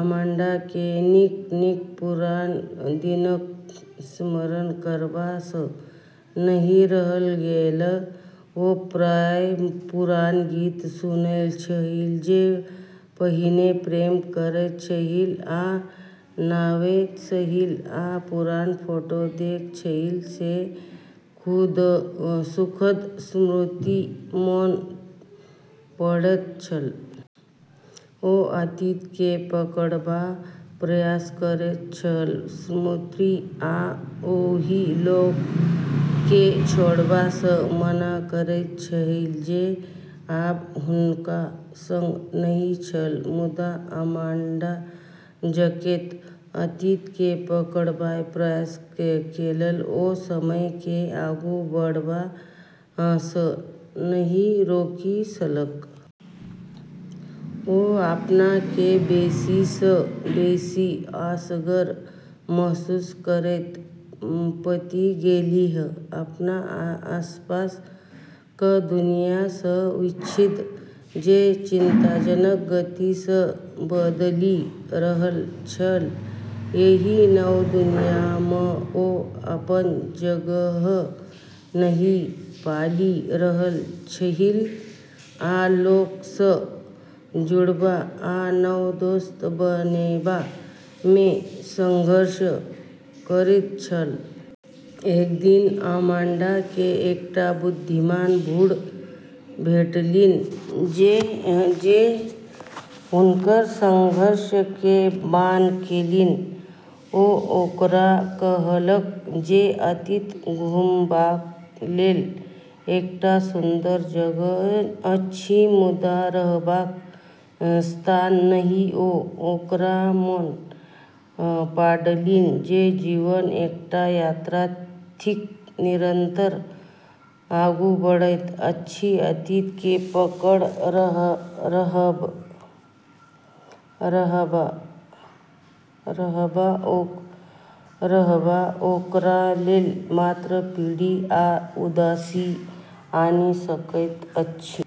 Amanda केँ नीक-नीक पुरान दिनक स्मरण करबा सँ नहि रहल गेल। ओ प्रायः पुरान गीत सुनैत छलीह जे पहिने प्रेम करैत छलीह आ नाचैत छलीह, आ पुरान फोटो देखैत छलीह जे सुखद स्मृति मोन पाड़ैत छल। ओ अतीत केँ पकड़बाक प्रयास करैत छलीह, स्मृति आ ओहि लोक केँ छोड़बा सँ मना करैत छलीह जे आब हुनका संग नहि छल। मुदा अमांडा जतेक अतीत केँ पकड़बाक प्रयास केलक, ओ समय केँ आगू बढ़बा सँ नहि रोकि सकल। ओ अपना केँ बेसी सँ बेसी असगर महसूस करैत पाबि गेलीह, अपन आसपासक दुनियाँ सँ विच्छेद जे चिंताजनक गति सँ बदलि रहल छल। एहि नव दुनिया मे ओ अपन जगह नहि पाबि रहल छलीह आ लोक स जुड़बा आ नव दोस्त बनेबा मे संघर्ष करैत छलीह। एक दिन अमांडा के एकटा बुद्धिमान बूढ़ भेटलनि जे हुनकर संघर्ष के भान केलनि। ओ ओकरा कहलक जे अतीत घुमबाक लेल एकटा सुन्दर जगह अछि, मुदा रहबाक स्थान नहि, ओ ओकरा मोन पाड़लनि जे जीवन एकटा यात्रा थिक, निरंतर आगू बढ़ैत अछि, आ अतीत केँ पकड़ने रहब ओकरा लेल मात्र पीड़ा आ उदासी आनि सकैत अछि।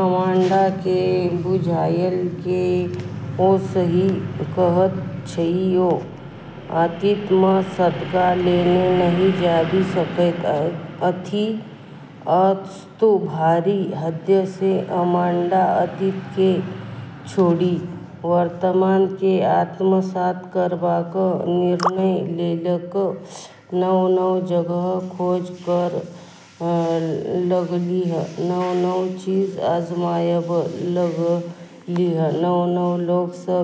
अमांडा के बुझायल जे ओ सही कहैत छथि ओ अतीत मे सदाक लेल नहि जीबि सकैत छथि। अस्तु, भारी हृदय सँ अमांडा अतीत केँ छोड़ि वर्तमान केँ आत्मसात करबाक निर्णय लेलक। नव-नव जगहक खोज करय लगलीह, नव-नव चीज आजमाबय लगलीह, नव-नव लोक सऽ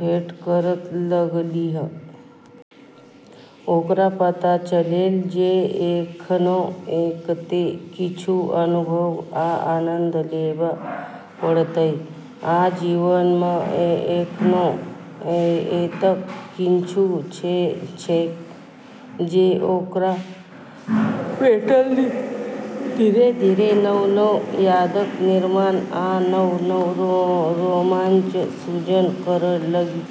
भेंट करय लगलीह । ओकरा पता चललै जे एखनो एतेक किछु अनुभव आ आनंद लेबय पड़तैक, आ जीवन मे एखनो एतेक किछु छैक जे ओकरा भेटय। धीरे-धीरे नव-नव यादक निर्माण आ नव-नव रोमांच सृजन करय लगलीह।